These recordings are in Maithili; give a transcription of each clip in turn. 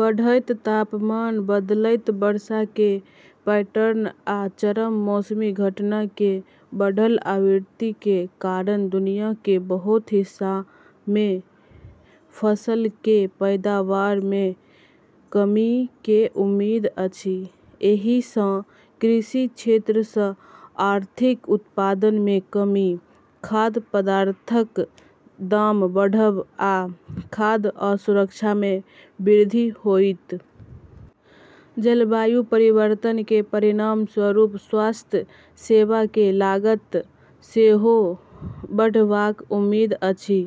बढ़ैत तापमान, बदलैत वर्षा के पैटर्न, आ चरम मौसमी घटना के बढ़ल आवृत्ति के कारण दुनिया के बहुत हिस्सा मे फसल के पैदावार मे कमी के उम्मीद अछि। एहि सँ कृषि क्षेत्र सँ आर्थिक उत्पादन मे कमी, खाद्य पदार्थक दाम बढ़ब, आ खाद्य असुरक्षा मे वृद्धि होइत। जलवायु परिवर्तन के परिणामस्वरूप स्वास्थ्य सेवा के लागत सेहो बढ़बाक उम्मीद अछि।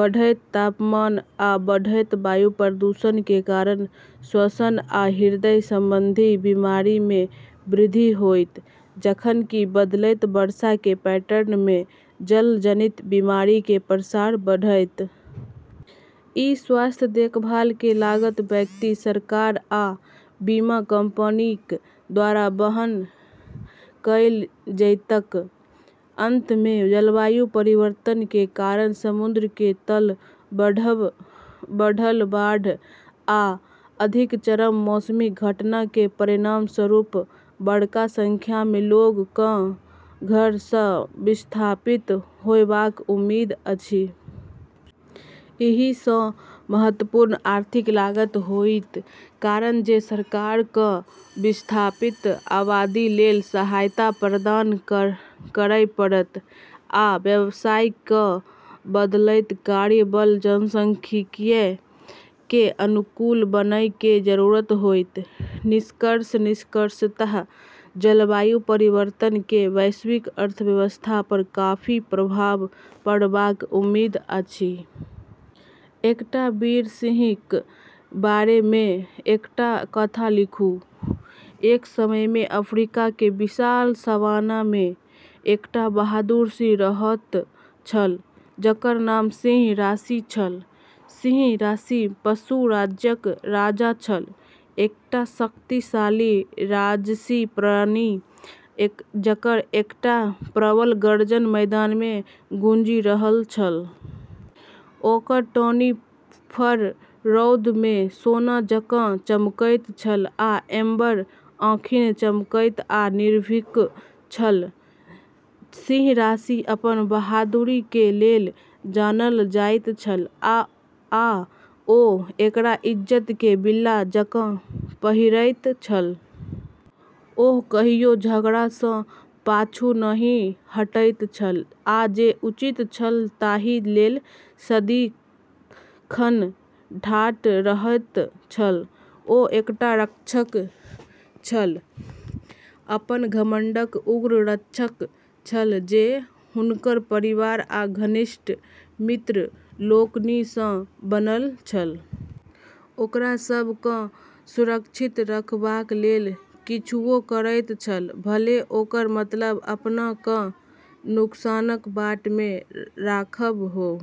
बढ़ैत तापमान आ बढ़ैत वायु प्रदूषण के कारण श्वसन आ हृदय संबंधी बीमारी मे वृद्धि होइत, जखन कि बदलैत वर्षा के पैटर्न मे जलजनित बीमारी के प्रसार बढ़ैत। ई स्वास्थ्य देखभाल के लागत व्यक्ति, सरकार, आ बीमा कंपनीक द्वारा वहन कएल जेतैक। अंत मे, जलवायु परिवर्तन के कारण समुद्र के तल बढ़ब, बढ़ल बाढ़, आ अधिक चरम मौसमी घटना के परिणामस्वरूप बड़का संख्या मे लोग केँ घर सँ विस्थापित होयबाक उम्मीद अछि। एहि सँ महत्वपूर्ण आर्थिक लागत होइत, कारण जे सरकार केँ विस्थापित आबादी लेल सहायता प्रदान करय पड़त, आ व्यवसाय केँ बदलैत कार्यबल जनसांख्यिकीय के अनुकूल बनय के जरूरत होइत। निष्कर्ष निष्कर्षतः जलवायु परिवर्तन के वैश्विक अर्थव्यवस्था पर काफी प्रभाव पड़बाक उम्मीद अछि। एकटा वीर सिंहक बारे मे एकटा कथा लिखू। एक समय मे अफ्रीका के विशाल सवाना मे एकटा बहादुर सिंह रहैत छल, जकर नाम सिंह राशि छल। सिंह राशि पशु राज्यक राजा छल, एकटा शक्तिशाली, राजसी प्राणी, जकर एकटा प्रबल गर्जन मैदान मे गूँजि रहल छल। ओकर टॉनी फर रौद मे सोना जकाँ चमकैत छल आ एम्बर आँखि चमकैत आ निर्भीक छल। सिंह राशि अपन बहादुरी के लेल जानल जाइत छल, आ ओ एकरा इज्जत के बिल्ला जकाँ पहिरैत छल। ओ कहियो झगड़ा सँ पाछू नहि हटैत छल, आ जे उचित छल ताहि लेल सदिखन ठाढ़ रहैत छल। ओ एकटा रक्षक छल, अपन घमंडक उग्र रक्षक छल, जे हुनकर परिवार आ घनिष्ठ मित्र लोकनि सँ बनल छल। ओकरा सभ केँ सुरक्षित रखबाक लेल किछुओ करैत छल, भले ओकर मतलब अपनाकेँ नुकसानक बाट मे राखब हो।